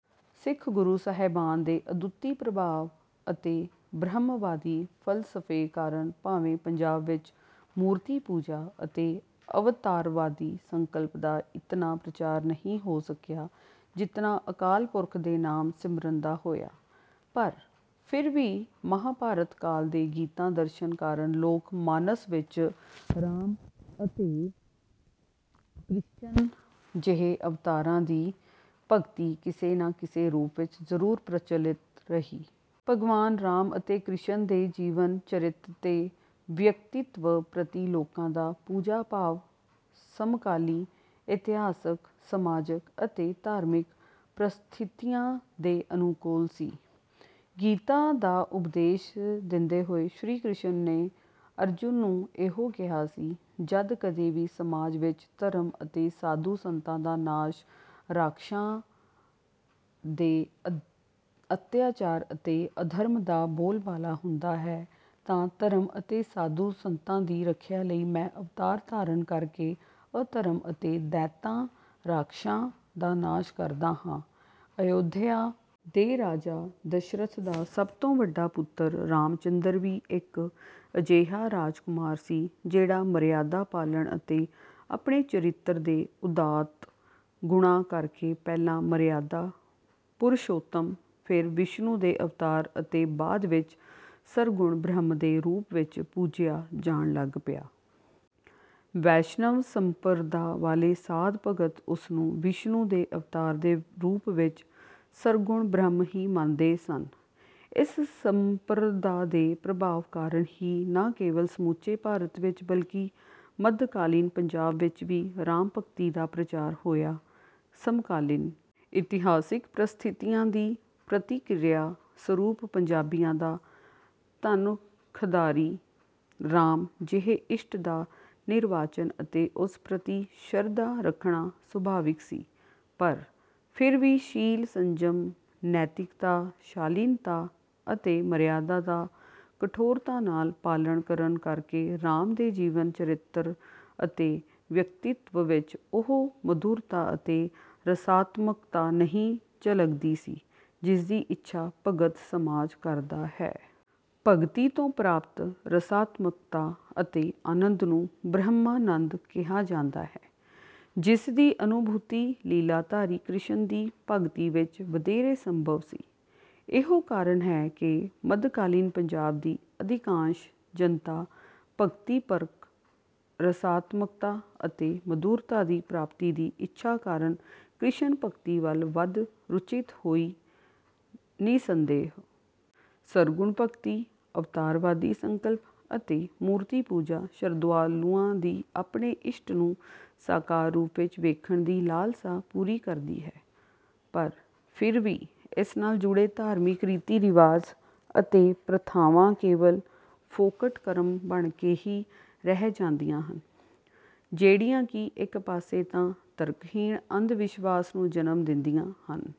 ਸਿੱਖ ਗੁਰੂ ਸਾਹਿਬਾਨ ਦੇ ਅਦੁੱਤੀ ਪ੍ਰਭਾਵ ਅਤੇ ਬ੍ਰਹਮਵਾਦੀ ਫ਼ਲਸਫ਼ੇ ਕਾਰਨ ਭਾਵੇਂ ਪੰਜਾਬ ਵਿੱਚ ਮੂਰਤੀ ਪੂਜਾ ਅਤੇ ਅਵਤਾਰਵਾਦੀ ਸੰਕਲਪ ਦਾ ਇਤਨਾ ਪ੍ਰਚਾਰ ਨਹੀਂ ਹੋ ਸਕਿਆ ਜਿਤਨਾ ਅਕਾਲ ਪੁਰਖ ਦੇ ਨਾਮ ਸਿਮਰਨ ਦਾ ਹੋਇਆ, ਪਰ ਫਿਰ ਵੀ ਮਹਾਭਾਰਤ ਕਾਲ ਦੇ ਗੀਤਾ ਦਰਸ਼ਨ ਕਾਰਨ ਲੋਕ-ਮਾਨਸ ਵਿੱਚ ਰਾਮ ਅਤੇ ਕ੍ਰਿਸ਼ਨ ਜਿਹੇ ਅਵਤਾਰਾਂ ਦੀ ਭਗਤੀ ਕਿਸੇ ਨਾ ਕਿਸੇ ਰੂਪ ਵਿੱਚ ਜ਼ਰੂਰ ਪ੍ਰਚਲਿਤ ਰਹੀ। ਭਗਵਾਨ ਰਾਮ ਅਤੇ ਕ੍ਰਿਸ਼ਨ ਦੇ ਜੀਵਨ-ਚਰਿਤ ਤੇ ਵਿਅਕਤਿਤਵ ਪ੍ਰਤੀ ਲੋਕਾਂ ਦਾ ਪੂਜਾ-ਭਾਵ ਸਮਕਾਲੀ ਇਤਿਹਾਸਕ, ਸਮਾਜਿਕ ਅਤੇ ਧਾਰਮਿਕ ਪ੍ਰਸਥਿਤੀਆਂ ਦੇ ਅਨੁਕੂਲ ਸੀ। ਗੀਤਾ ਦਾ ਉਪਦੇਸ਼ ਦਿੰਦੇ ਹੋਏ ਸ਼੍ਰੀ ਕ੍ਰਿਸ਼ਨ ਨੇ ਅਰਜੁਨ ਨੂੰ ਇਹੋ ਕਿਹਾ ਸੀ, "ਜਦ ਕਦੇ ਵੀ ਸਮਾਜ ਵਿੱਚ ਧਰਮ ਅਤੇ ਸਾਧੂ-ਸੰਤਾਂ ਦਾ ਨਾਸ਼, ਰਾਖਸ਼ਾਂ ਦੇ ਅੱਤਿਆਚਾਰ ਅਤੇ ਅਧਰਮ ਦਾ ਬੋਲਬਾਲਾ ਹੁੰਦਾ ਹੈ, ਤਾਂ ਧਰਮ ਅਤੇ ਸਾਧੂ-ਸੰਤਾਂ ਦੀ ਰੱਖਿਆ ਲਈ ਮੈਂ ਅਵਤਾਰ ਧਾਰਨ ਕਰ ਕੇ ਅਧਰਮ ਅਤੇ ਦੈਂਤਾਂ-ਰਾਖਸ਼ਾਂ ਦਾ ਨਾਸ਼ ਕਰਦਾ ਹਾਂ।"ਅਯੋਧਿਆ ਦੇ ਰਾਜਾ ਦਸ਼ਰਥ ਦਾ ਸਭ ਤੋਂ ਵੱਡਾ ਪੁੱਤਰ ਰਾਮਚੰਦਰ ਵੀ ਇੱਕ ਅਜਿਹਾ ਰਾਜਕੁਮਾਰ ਸੀ, ਜਿਹੜਾ ਮਰਿਆਦਾ ਪਾਲਣ ਅਤੇ ਆਪਣੇ ਚਰਿੱਤਰ ਦੇ ਉਦਾਤ ਗੁਣਾਂ ਕਰ ਕੇ ਪਹਿਲਾਂ 'ਮਰਿਆਦਾ ਪੁਰਸ਼ੋਤਮ', ਫਿਰ ਵਿਸ਼ਨੂੰ ਦੇ ਅਵਤਾਰ ਅਤੇ ਬਾਅਦ ਵਿੱਚ ਸਰਗੁਣ ਬ੍ਰਹਮ ਦੇ ਰੂਪ ਵਿੱਚ ਪੂਜਿਆ ਜਾਣ ਲੱਗ ਪਿਆ। ਵੈਸ਼ਨਵ ਸੰਪਰਦਾ ਵਾਲੇ ਸਾਧ-ਭਗਤ ਉਸ ਨੂੰ ਵਿਸ਼ਨੂੰ ਦੇ ਅਵਤਾਰ ਦੇ ਰੂਪ ਵਿੱਚ ਸਰਗੁਣ ਬ੍ਰਹਮ ਹੀ ਮੰਨਦੇ ਸਨ। ਇਸ ਸੰਪਰਦਾ ਦੇ ਪ੍ਰਭਾਵ ਕਾਰਨ ਹੀ ਨਾ ਕੇਵਲ ਸਮੁੱਚੇ ਭਾਰਤ ਵਿੱਚ, ਬਲਕਿ ਮੱਧਕਾਲੀਨ ਪੰਜਾਬ ਵਿੱਚ ਵੀ ਰਾਮ ਭਗਤੀ ਦਾ ਪ੍ਰਚਾਰ ਹੋਇਆ। ਸਮਕਾਲੀਨ ਇਤਿਹਾਸਕ ਪ੍ਰਸਥਿਤੀਆਂ ਦੀ ਪ੍ਰਤੀਕਿਰਿਆ ਸਰੂਪ ਪੰਜਾਬੀਆਂ ਦਾ ਧਨੁਖਧਾਰੀ ਰਾਮ ਜਿਹੇ ਇਸ਼ਟ ਦਾ ਨਿਰਵਾਚਨ ਅਤੇ ਉਸ ਪ੍ਰਤੀ ਸ਼ਰਧਾ ਰੱਖਣਾ ਸੁਭਾਵਿਕ ਸੀ। ਪਰ ਫਿਰ ਵੀ ਸ਼ੀਲ, ਸੰਜਮ, ਨੈਤਿਕਤਾ, ਸ਼ਾਲੀਨਤਾ ਅਤੇ ਮਰਿਆਦਾ ਦਾ ਕਠੋਰਤਾ ਨਾਲ ਪਾਲਣ ਕਰਨ ਕਰ ਕੇ ਰਾਮ ਦੇ ਜੀਵਨ-ਚਰਿੱਤਰ ਅਤੇ ਵਿਅਕਤਿਤਵ ਵਿੱਚ ਉਹ ਮਧੁਰਤਾ ਅਤੇ ਰਸਾਤਮਕਤਾ ਨਹੀਂ ਝਲਕਦੀ ਸੀ, ਜਿਸ ਦੀ ਇੱਛਾ ਭਗਤ-ਸਮਾਜ ਕਰਦਾ ਹੈ। ਭਗਤੀ ਤੋਂ ਪ੍ਰਾਪਤ ਰਸਾਤਮਕਤਾ ਅਤੇ ਆਨੰਦ ਨੂੰ 'ਬ੍ਰਹਮਾਨੰਦ' ਕਿਹਾ ਜਾਂਦਾ ਹੈ, ਜਿਸ ਦੀ ਅਨੁਭੂਤੀ ਲੀਲਾਧਾਰੀ ਕ੍ਰਿਸ਼ਨ ਦੀ ਭਗਤੀ ਵਿੱਚ ਵਧੇਰੇ ਸੰਭਵ ਸੀ। ਇਹੋ ਕਾਰਨ ਹੈ ਕਿ ਮੱਧਕਾਲੀਨ ਪੰਜਾਬ ਦੀ ਅਧਿਕਾਂਸ਼ ਜਨਤਾ ਭਗਤੀਪਰਕ ਰਸਾਤਮਕਤਾ ਅਤੇ ਮਧੁਰਤਾ ਦੀ ਪ੍ਰਾਪਤੀ ਦੀ ਇੱਛਾ ਕਾਰਨ ਕ੍ਰਿਸ਼ਨ ਭਗਤੀ ਵੱਲ ਵੱਧ ਰੁਚਿਤ ਹੋਈ। ਨਿਸੰਦੇਹ ਸਰਗੁਣ ਭਗਤੀ, ਅਵਤਾਰਵਾਦੀ ਸੰਕਲਪ ਅਤੇ ਮੂਰਤੀ ਪੂਜਾ ਸ਼ਰਧਾਲੂਆਂ ਦੀ ਆਪਣੇ ਇਸ਼ਟ ਨੂੰ ਸਾਕਾਰ ਰੂਪ ਵਿੱਚ ਵੇਖਣ ਦੀ ਲਾਲਸਾ ਪੂਰੀ ਕਰਦੀ ਹੈ, ਪਰ ਫਿਰ ਵੀ ਇਸ ਨਾਲ ਜੁੜੇ ਧਾਰਮਿਕ ਰੀਤੀ-ਰਿਵਾਜ ਅਤੇ ਪ੍ਰਥਾਵਾਂ ਕੇਵਲ ਫੋਕਟ ਕਰਮ ਬਣ ਕੇ ਹੀ ਰਹਿ ਜਾਂਦੀਆਂ ਹਨ, ਜਿਹੜੀਆਂ ਕਿ ਇੱਕ ਪਾਸੇ ਤਾਂ ਤਰਕਹੀਣ ਅੰਧ-ਵਿਸ਼ਵਾਸ ਨੂੰ ਜਨਮ ਦਿੰਦੀਆਂ ਹਨ..